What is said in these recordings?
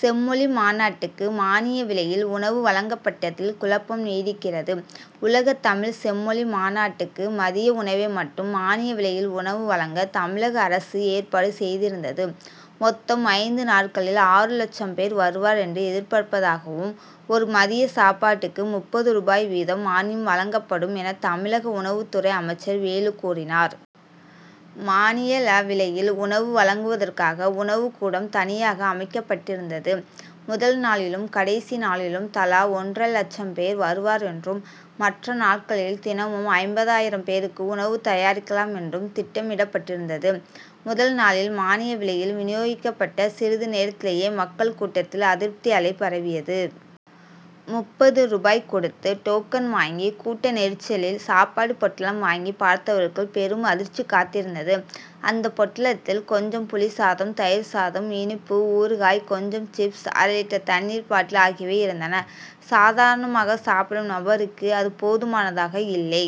செம்மொழி மாநாட்டுக்கு மானிய விலையில் உணவு வழங்கப்பட்டதில் குழப்பம் நீடிக்கிறது. உலகத்தமிழ்ச் செம்மொழி மாநாடுக்கு, மதிய உணவை மட்டும் மானிய விலையில் உணவு வழங்க, தமிழக அரசு ஏற்பாடு செய்திருந்தது. மொத்தம் ஐந்து நாட்களில் ஆறுலட்சம் பேர் வருவர் என்று எதிர்பார்ப்பதாகவும், ஒரு மதிய சாப்பாடுக்கு முப்பது ரூபாய் வீதம் மானியம் வழங்கப்படும் என தமிழக உணவுத்துறை அமைச்சர் வேலு கூறினார். மானிய லவிலையில் உணவு வழங்குவதற்காக உணவுக்கூடம்தனியாக அமைக்கப்பட்டிருந்தது. முதல் நாளிலும், கடைசி நாளிலும் தலா ஒன்ற லட்சம் பேர் வருவர் என்றும், மற்ற நாட்களில் தினமும் ஐம்பதாயிரம் பேருக்கு உணவு தயாரிக்கலாம் என்றும் திட்டமிடப்பட்டிருந்தது. முதல் நாளில், மானிய விலையில் வினியோகிக்கப்பட்ட சிறிது நேரத்திலேயே மக்கள் கூட்டத்தில் அதிருப்தி அலை பரவியது. முப்பது ரூபாய் கொடுத்து டோக்கன் வாங்கி, கூட்ட நெரிசலில் சாப்பாடுப் பொட்டலம் வாங்கிப் பார்த்தவர்களுக்கு பெரும் அதிர்ச்சி காத்திருந்தது. அந்த பொட்டலத்தில், கொஞ்சம் புளிசாதம், தயிர் சாதம், இனிப்பு, ஊறுகாய், கொஞ்சம் சிப்ஸ், அரை லிட்டர் தண்ணீர் பாட்டில் ஆகியவை இருந்தன. சாதாரணமாகச் சாப்பிடும் நபருக்கே அது போதுமானதாக இல்லை.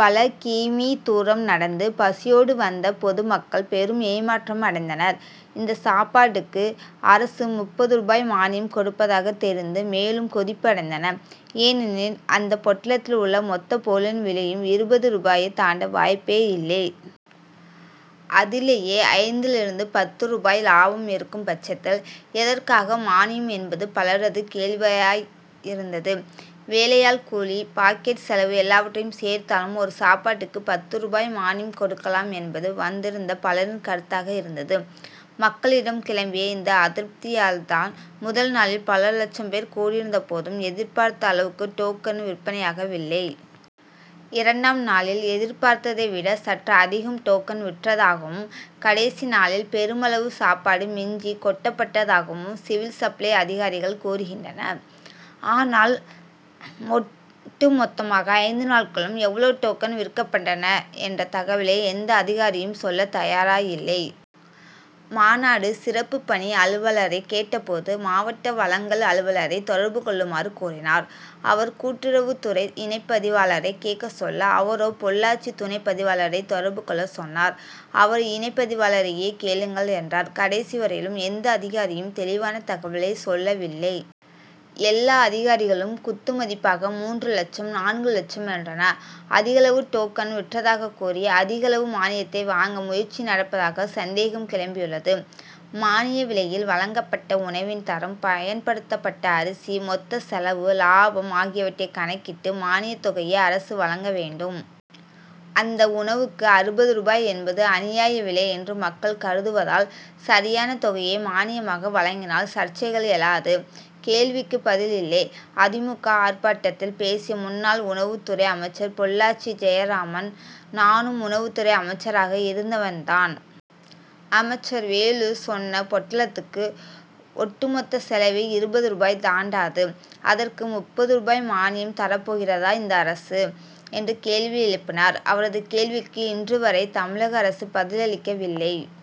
பல கி. மீ. தூரம் நடந்து, பசியோடு வந்த பொது மக்கள் பெரும் ஏமாற்றம் அடைந்தனர். இந்த சாப்பாடுக்கு அரசு முப்பது ரூபாய் மானியம் கொடுப்பதாகத் தெரிந்து, மேலும் கொதிப்பு அடைந்தனர். ஏனெனில், அந்த பொட்டலத்தில் உள்ள மொத்தப் பொருளின் விலையும் இருபது ரூபாயைத் தாண்ட வாய்ப்பேயில்லை. அதிலேயே, ஐந்திலிருந்து பத்து ரூபாய் லாபம் இருக்கும் பட்சத்தில், எதற்காக மானியம் என்பது பலரது கேள்வியாயிருந்தது. வேலையாள் கூலி, பாக்கெட் செலவு எல்லாவற்றையும் சேர்த்தாலும், ஒரு சாப்பாடுக்கு பத்து ரூபாய் மானியம் கொடுக்கலாம் என்பது வந்திருந்த பலரின் கருத்தாக இருந்தது. மக்களிடம் கிளம்பிய இந்த அதிருப்தியால்தான், முதல் நாளில் பல லட்சம் பேர் கூடியிருந்தபோதும், எதிர்பார்த்த அளவுக்கு டோக்கன் விற்பனையாகவில்லை. இரண்டாம் நாளில் எதிர் பார்த்ததை விட சற்று அதிகம் டோக்கன் விற்றதாகவும், கடைசி நாளில் பெருமளவு சாப்பாடு மிஞ்சி, கொட்டப்பட்டதாகவும் சிவில் சப்ளை அதிகாரிகள் கூறுகின்றனர். ஆனால், ஒட்டு மொத்தமாக ஐந்து நாட்களும் எவ்வளவு டோக்கன் விற்கப்பட்டன என்ற தகவலை எந்த அதிகாரியும் சொல்லத் தயாராயில்லை. மாநாடு சிறப்புப் பணி அலுவலரைக் கேட்டபோது, மாவட்ட வழங்கல் அலுவலரை தொடர்பு கொள்ளுமாறு கூறினார். அவர், கூட்டுறவுத்துறை இணைப்பதிவாளரை கேட்கச் சொல்ல, அவரோ, பொள்ளாச்சி துணைப் பதிவாளரை தொடர்பு கொள்ளச் சொன்னார். அவர், இணைப்பதிவாளரையே கேளுங்கள் என்றார். கடைசி வரையிலும் எந்த அதிகாரியும் தெளிவான தகவலைச் சொல்லவில்லை. எல்லா அதிகாரிகளும் குத்து மதிப்பாக மூன்று லட்சம், நான்கு லட்சம் என்றனர். அதிகளவு டோக்கன் விற்றதாகக் கூறி, அதிகளவு மானியத்தை வாங்க முயற்சி நடப்பதாக சந்தேகம் கிளம்பியுள்ளது. மானிய விலையில் வழங்கப்பட்ட உணவின் தரம், பயன்படுத்தப்பட்ட அரிசி, மொத்தச் செலவு, லாபம் ஆகியவற்றைக் கணக்கிட்டு, மானியத் தொகையை அரசு வழங்க வேண்டும். அந்த உணவுக்கு அறுபது ரூபாய் என்பது அநியாய விலை என்று மக்கள் கருதுவதால், சரியான தொகையை மானியமாக வழங்கினால் சர்ச்சைகள் எழாது. கேள்விக்கு பதில் இல்லை: அ. தி. மு. க., ஆர்ப்பாட்டத்தில் பேசிய முன்னாள் உணவுத்துறை அமைச்சர் பொள்ளாச்சி ஜெயராமன், "நானும் உணவுத்துறை அமைச்சராக இருந்தவன் தான். அமைச்சர் வேலு சொன்ன பொட்டலத்துக்கு ஒட்டு மொத்தச் செலவே இருபது ரூபாய் தாண்டாது; அதற்கு முப்பது ரூபாய் மானியம் தரப்போகிறதா இந்த அரசு? ' என்று கேள்வி எழுப்பினார். அவரது கேள்விக்கு இன்று வரை தமிழக அரசு பதிலளிக்கவில்லை.